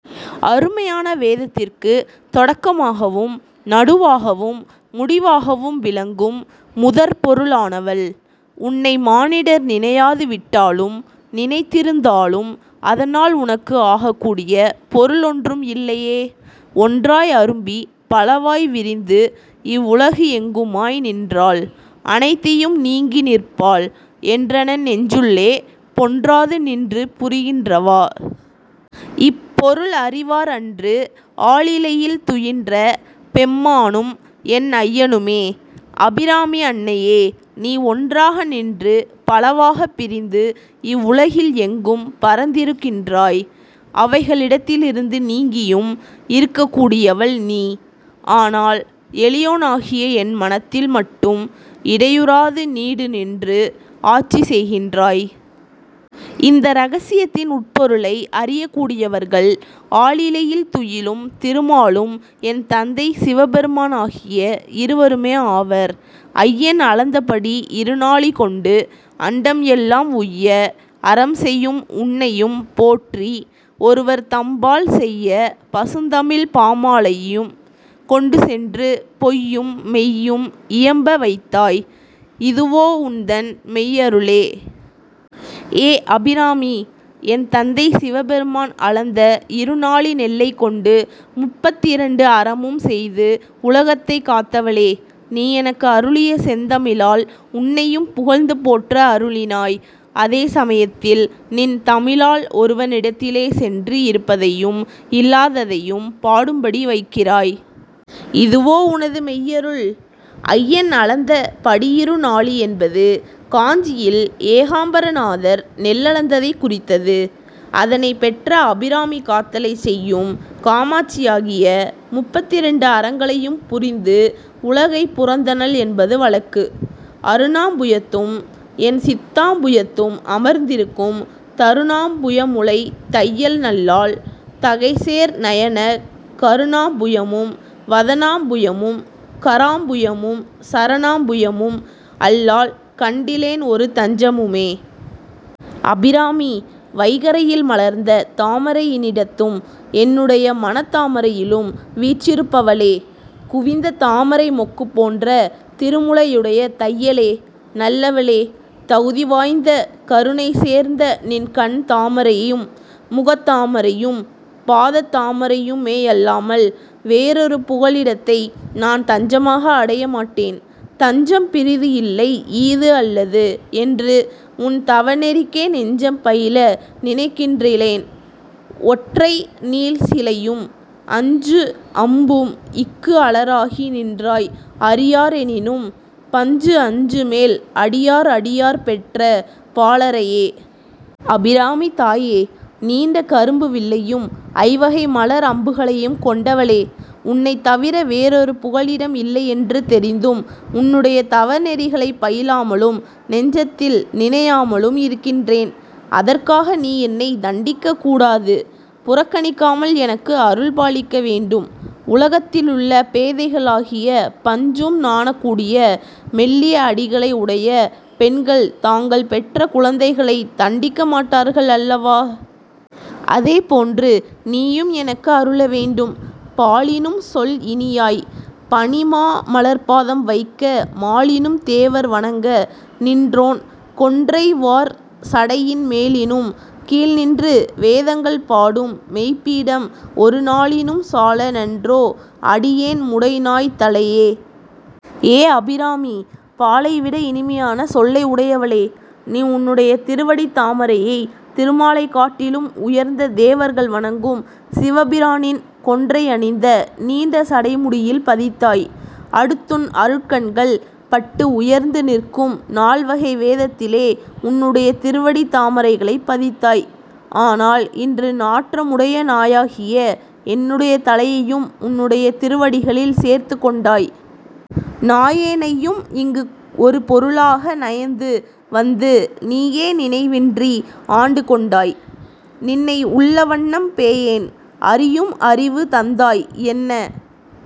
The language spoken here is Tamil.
அருமையான வேதத்திற்கு தொடக்கமாகவும் நடுவாகவும் முடிவாகவும் விளங்கும் முதற் பொருளானவள்! உன்னை மானிடர் நினையாது விட்டாலும், நினைத்திருந்தாலும் அதனால் உனக்கு ஆகக்கூடிய பொருள் ஒன்றும் இல்லையே! ஒன்றாய் அரும்பி பலவாய் விரிந்து இவ் உலகு எங்குமாய் நின்றாள் அனைத்தையும் நீங்கி நிற்பாள் என்றன் நெஞ்சினுள்ளே பொன்றாது நின்று புரிகின்றவா. இப் பொருள் அறிவார் அன்று ஆலிலையில் துயின்ற பெம்மானும் என் ஐயனுமே. அபிராமி அன்னையே! நீ ஒன்றாக நின்று பலவாகப் பிரிந்து இவ்வுலகில் எங்கும் பரந்திருக்கின்றாய். அவைகளிடத்திலிருந்து நீங்கியும், இருக்கக் கூடியவள் நீ! ஆனால், எளியோனாகிய என் மனத்தில் மட்டும் இடையுறாது நீடு நின்று ஆட்சி செய்கின்றாய். இந்த இரகசியத்தின் உட்பொருளை அறியக் கூடியவர்கள் ஆலிலையில் துயிலும் திருமாலும் என் தந்தை சிவபெருமான் ஆகிய இருவருமே ஆவர். ஐயன் அளந்தபடி இரு நாழி கொண்டு அண்டம் எல்லாம் உய்ய அறம் செயும் உன்னையும் போற்றி ஒருவர் தம்பால் செய்ய பசுந்தமிழ்ப்பாமாலையும் கொண்டு சென்று பொய்யும் மெய்யும் இயம்பவைத்தாய் இதுவோ உன்தன் மெய்யருளே? ஏ அபிராமி! என் தந்தை சிவபெருமான் அளந்த இரு நாழி நெல்லைக் கொண்டு முப்பத்திரண்டு அறமும் செய்து உலகத்தைக் காத்தவளே! நீ எனக்கு அருளிய செந்தமிழால் உன்னையும் புகழ்ந்து போற்ற அருளினாய்! அதே சமயத்தில் நின் தமிழால் ஒருவனிடத்திலே சென்று இருப்பதையும் இல்லாததையும் பாடும்படி வைக்கிறாய்! இதுவோ உனது மெய்யருள்?. ஐயன் அளந்த படியிருநாழி என்பது காஞ்சியில் ஏகாம்பரநாதர் நெல்லளந்ததைக் குறித்தது. அதனைப் பெற்ற அபிராமி காத்தலைச் செய்யும் காமாட்சியாகிய முப்பத்திரெண்டு அறங்களையும் புரிந்து உலகைப் புரந்தனள் என்பது வழக்கு. அருணாம்புயத்தும் என் சித்தாம்புயத்தும் அமர்ந்திருக்கும் தருணாம்புயமுலைத் தையல் நல்லாள் தகை சேர் நயனக் கருணாம்புயமும் வதனாம்புயமும் கராம்புயமும் சரணாம்புயமும் அல்லால் கண்டிலேன் ஒரு தஞ்சமுமே. அபிராமி! வைகறையில் மலர்ந்த தாமரையினிடத்தும் என்னுடைய மனத்தாமரையிலும் வீற்றிருப்பவளே! குவிந்த தாமரை மொக்குப் போன்ற திருமுலையுடைய தையலே! நல்லவளே! தகுதி வாய்ந்த கருணை சேர்ந்த நின் கண் தாமரையும், முகத்தாமரையும், பாதத் தாமரையுமேயல்லாமல் வேறொரு புகலிடத்தை நான் தஞ்சமாக அடைய மாட்டேன். தஞ்சம் பிறிது இல்லை ஈது அல்லது என்று உன் தவநெறிக்கே நெஞ்சம் பயில நினைக்கின்றிலேன் ஒற்றை நீள்சிலையும் அஞ்சு அம்பும் இக்கு அலராகி நின்றாய் அறியார் எனினும் பஞ்சு அஞ்சு மேல் அடியார் அடியார் பெற்ற பாலரையே. அபிராமித் தாயே! நீண்ட கரும்பு வில்லையும் ஐவகை மலர் அம்புகளையும் கொண்டவளே! உன்னைத் தவிர வேறொரு புகலிடம் இல்லையென்று தெரிந்தும் உன்னுடைய தவநெறிகளைப் பயிலாமலும் நெஞ்சத்தில் நினையாமலும் இருக்கின்றேன். அதற்காக நீ என்னைத் தண்டிக்கக் கூடாது. புறக்கணிக்காமல் எனக்கு அருள் பாலிக்க வேண்டும். உலகத்திலுள்ள பேதைகளாகிய பஞ்சும் நாணக்கூடிய மெல்லிய அடிகளை உடைய பெண்கள் தாங்கள் பெற்ற குழந்தைகளைத் தண்டிக்க மாட்டார்கள் அல்லவா? அதே போன்று நீயும் எனக்கு அருள வேண்டும். பாலினும் சொல் இனியாய். பனி மா மலர்ப் பாதம் வைக்க மாலினும் தேவர் வணங்க நின்றோன் கொன்றை வார் சடையின் மேலினும் கீழ்நின்று வேதங்கள் பாடும் மெய்ப் பீடம் ஒரு நாலினும் சால நன்றோ அடியேன் முடை நாய்த் தலையே? ஏ அபிராமி! பாலைவிட இனிமையான சொல்லை உடையவளே! நீ உன்னுடைய திருவடித் தாமரையை திருமாலைக் காட்டிலும் உயர்ந்த தேவர்கள் வணங்கும் சிவபிரானின் கொன்றையனிந்த நீண்ட சடைமுடியில் பதித்தாய். அடுத்துன் அருட்கண்கள் பட்டு உயர்ந்து நிற்கும் நால்வகை வேதத்திலே உன்னுடைய திருவடித் தாமரைகளைப் பதித்தாய். ஆனால் இன்று நாற்றமுடைய நாயாகிய என்னுடைய தலையையும் உன்னுடைய திருவடிகளில் சேர்த்துக் கொண்டாய். நாயேனையும் இங்கு ஒரு பொருளாக நயந்து வந்து நீயே நினைவின்றி ஆண்டு கொண்டாய் நின்னை உள்ளவண்ணம் பேயேன் அறியும் அறிவு தந்தாய் என்ன